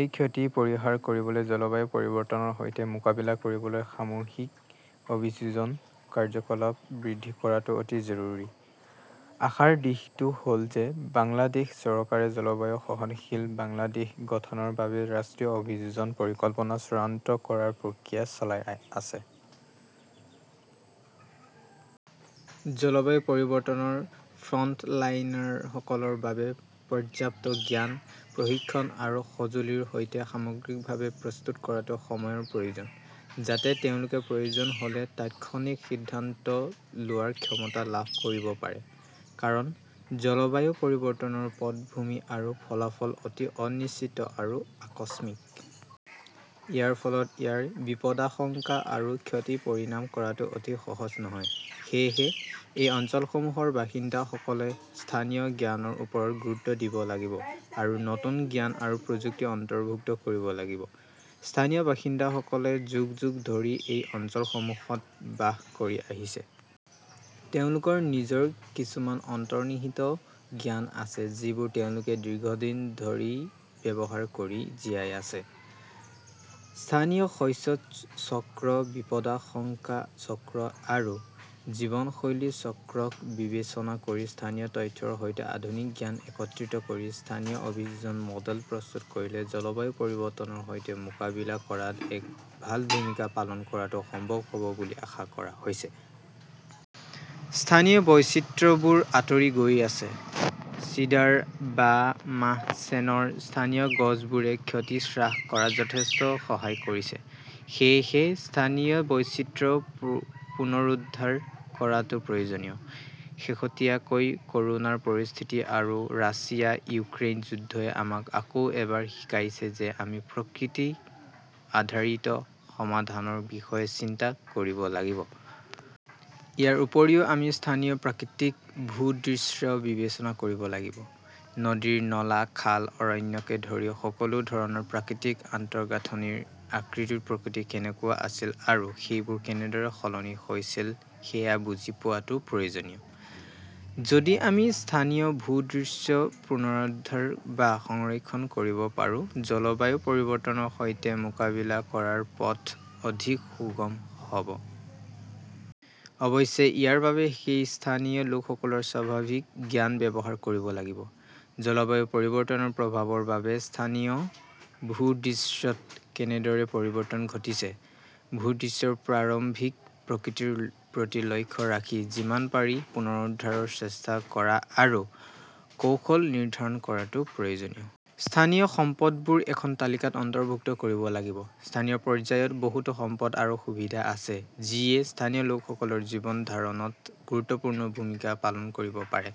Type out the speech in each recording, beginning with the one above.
এই ক্ষতি পৰিহাৰ কৰিবলৈ জলবায়ু পৰিৱৰ্তনৰ সৈতে মোকাবিলা কৰিবলৈ সামূহিক অভিযোজন কাৰ্যকলাপ বৃদ্ধি কৰাটো অতি জৰুৰী। আশাৰ দিশটো হ'ল যে বাংলাদেশ চৰকাৰে জলবায়ু সহনশীল বাংলাদেশ গঠনৰ বাবে ৰাষ্ট্ৰীয় অভিযোজন পৰিকল্পনা চূড়ান্ত কৰাৰ প্ৰক্ৰিয়া চলাই আছে। জলবায়ু পৰিৱৰ্তনৰ ফ্ৰণ্টলাইনাৰসকলৰ বাবে পৰ্যাপ্ত জ্ঞান, প্ৰশিক্ষণ আৰু সঁজুলিৰ সৈতে সামগ্ৰিকভাৱে প্ৰস্তুত কৰাটো সময়ৰ প্ৰয়োজন, যাতে তেওঁলোকে প্ৰয়োজন হ'লে তাৎক্ষণিক সিদ্ধান্ত লোৱাৰ ক্ষমতা লাভ কৰিব পাৰে। কাৰণ, জলবায়ু পৰিৱৰ্তনৰ পটভূমি আৰু ফলাফল অতি অনিশ্চিত আৰু আকস্মিক। ইয়াৰ ফলত ইয়াৰ বিপদাশংকা আৰু ক্ষতি পৰিমাপ কৰাটো অতি সহজ নহয়। সেয়েহে, এই অঞ্চলসমূহৰ বাসিন্দাসকলে স্থানীয় জ্ঞানৰ ওপৰত গুৰুত্ব দিব লাগিব আৰু নতুন জ্ঞান আৰু প্ৰযুক্তি অন্তৰ্ভুক্ত কৰিব লাগিব। স্থানীয় বাসিন্দাসকলে যুগ যুগ ধৰি এই অঞ্চলসমূহত বাস কৰি আহিছে। তেওঁলোকৰ নিজৰ কিছুমান অন্তৰ্নিহিত জ্ঞান আছে যিবোৰ তেওঁলোকে দীৰ্ঘদিন ধৰি ব্যৱহাৰ কৰি জীয়াই আছে। স্থানীয় শস্য চক্ৰ, বিপদাশংকা চক্ৰ আৰু জীৱনশৈলী চক্ৰক বিবেচনা কৰি স্থানীয় তথ্যৰ সৈতে আধুনিক জ্ঞান একত্ৰিত কৰি স্থানীয় অভিযোজন মডেল প্ৰস্তুত কৰিলে জলবায়ু পৰিৱৰ্তনৰ সৈতে মোকাবিলা কৰাত এক ভাল ভূমিকা পালন কৰাটো সম্ভৱ হ'ব বুলি আশা কৰা হৈছে। স্থানীয় বৈচিত্ৰ্যবোৰ আঁতৰি গৈ আছে। চিডাৰ বা মাহচেনৰ স্থানীয় গছবোৰে ক্ষতি হ্ৰাস কৰাত যথেষ্ট সহায় কৰিছে। সেয়েহে স্থানীয় বৈচিত্ৰ্য পুনৰুদ্ধাৰ কৰাটো প্ৰয়োজনীয়। শেহতীয়াকৈ ক'ৰোনাৰ পৰিস্থিতি আৰু ৰাছিয়া-ইউক্ৰেইন যুদ্ধই আমাক আকৌ এবাৰ শিকাইছে যে আমি প্ৰকৃতি আধাৰিত সমাধানৰ বিষয়ে চিন্তা কৰিব লাগিব। ইয়াৰ উপৰিও আমি স্থানীয় প্ৰাকৃতিক ভূ-দৃশ্য বিবেচনা কৰিব লাগিব। নদীৰ নলা, খাল, অৰণ্যকে ধৰি সকলো ধৰণৰ প্ৰাকৃতিক আন্তঃগাঁথনিৰ আকৃতি-প্ৰকৃতি কেনেকুৱা আছিল আৰু সেইবোৰ কেনেদৰে সলনি হৈছিল সেয়া বুজি পোৱাটো প্ৰয়োজনীয়। যদি আমি স্থানীয় ভূ-দৃশ্য পুনৰুদ্ধাৰ বা সংৰক্ষণ কৰিব পাৰোঁ, জলবায়ু পৰিৱৰ্তনৰ সৈতে মোকাবিলা কৰাৰ পথ অধিক সুগম হ'ব। অৱশ্যে, ইয়াৰ বাবে সেই স্থানীয় লোকসকলৰ স্বাভাৱিক জ্ঞান ব্যৱহাৰ কৰিব লাগিব। জলবায়ু পৰিৱৰ্তনৰ প্ৰভাৱৰ বাবে স্থানীয় ভূ-দৃশ্যত কেনেদৰে পৰিৱৰ্তন ঘটিছে, ভূ-দৃশ্যৰ প্ৰাৰম্ভিক প্ৰকৃতিৰ প্ৰতি লক্ষ্য ৰাখি যিমান পাৰি পুনৰুদ্ধাৰৰ চেষ্টা কৰা আৰু কৌশল নিৰ্ধাৰণ কৰাটো প্ৰয়োজনীয়। স্থানীয় সম্পদবোৰ এখন তালিকাত অন্তৰ্ভুক্ত কৰিব লাগিব। স্থানীয় পৰ্যায়ত বহুতো সম্পদ আৰু সুবিধা আছে যিয়ে স্থানীয় লোকসকলৰ জীৱন ধাৰণত গুৰুত্বপূৰ্ণ ভূমিকা পালন কৰিব পাৰে।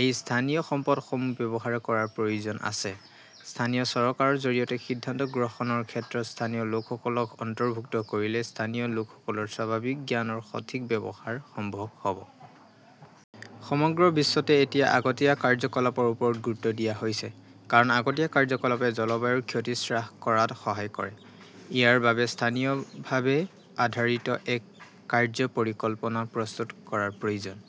এই স্থানীয় সম্পদসমূহ ব্যৱহাৰ কৰাৰ প্ৰয়োজন আছে। স্থানীয় চৰকাৰৰ জৰিয়তে সিদ্ধান্ত গ্ৰহণৰ ক্ষেত্ৰত স্থানীয় লোকসকলক অন্তৰ্ভুক্ত কৰিলে স্থানীয় লোকসকলৰ স্বাভাৱিক জ্ঞানৰ সঠিক ব্যৱহাৰ সম্ভৱ হ'ব। সমগ্ৰ বিশ্বতে এতিয়া আগতীয়া কাৰ্যকলাপৰ ওপৰত গুৰুত্ব দিয়া হৈছে। কাৰণ আগতীয়া কাৰ্যকলাপে জলবায়ুৰ ক্ষতি হ্ৰাস কৰাত সহায় কৰে। ইয়াৰ বাবে স্থানীয়ভাৱে আধাৰিত এক কাৰ্য্য পৰিকল্পনা প্ৰস্তুত কৰাৰ প্ৰয়োজন।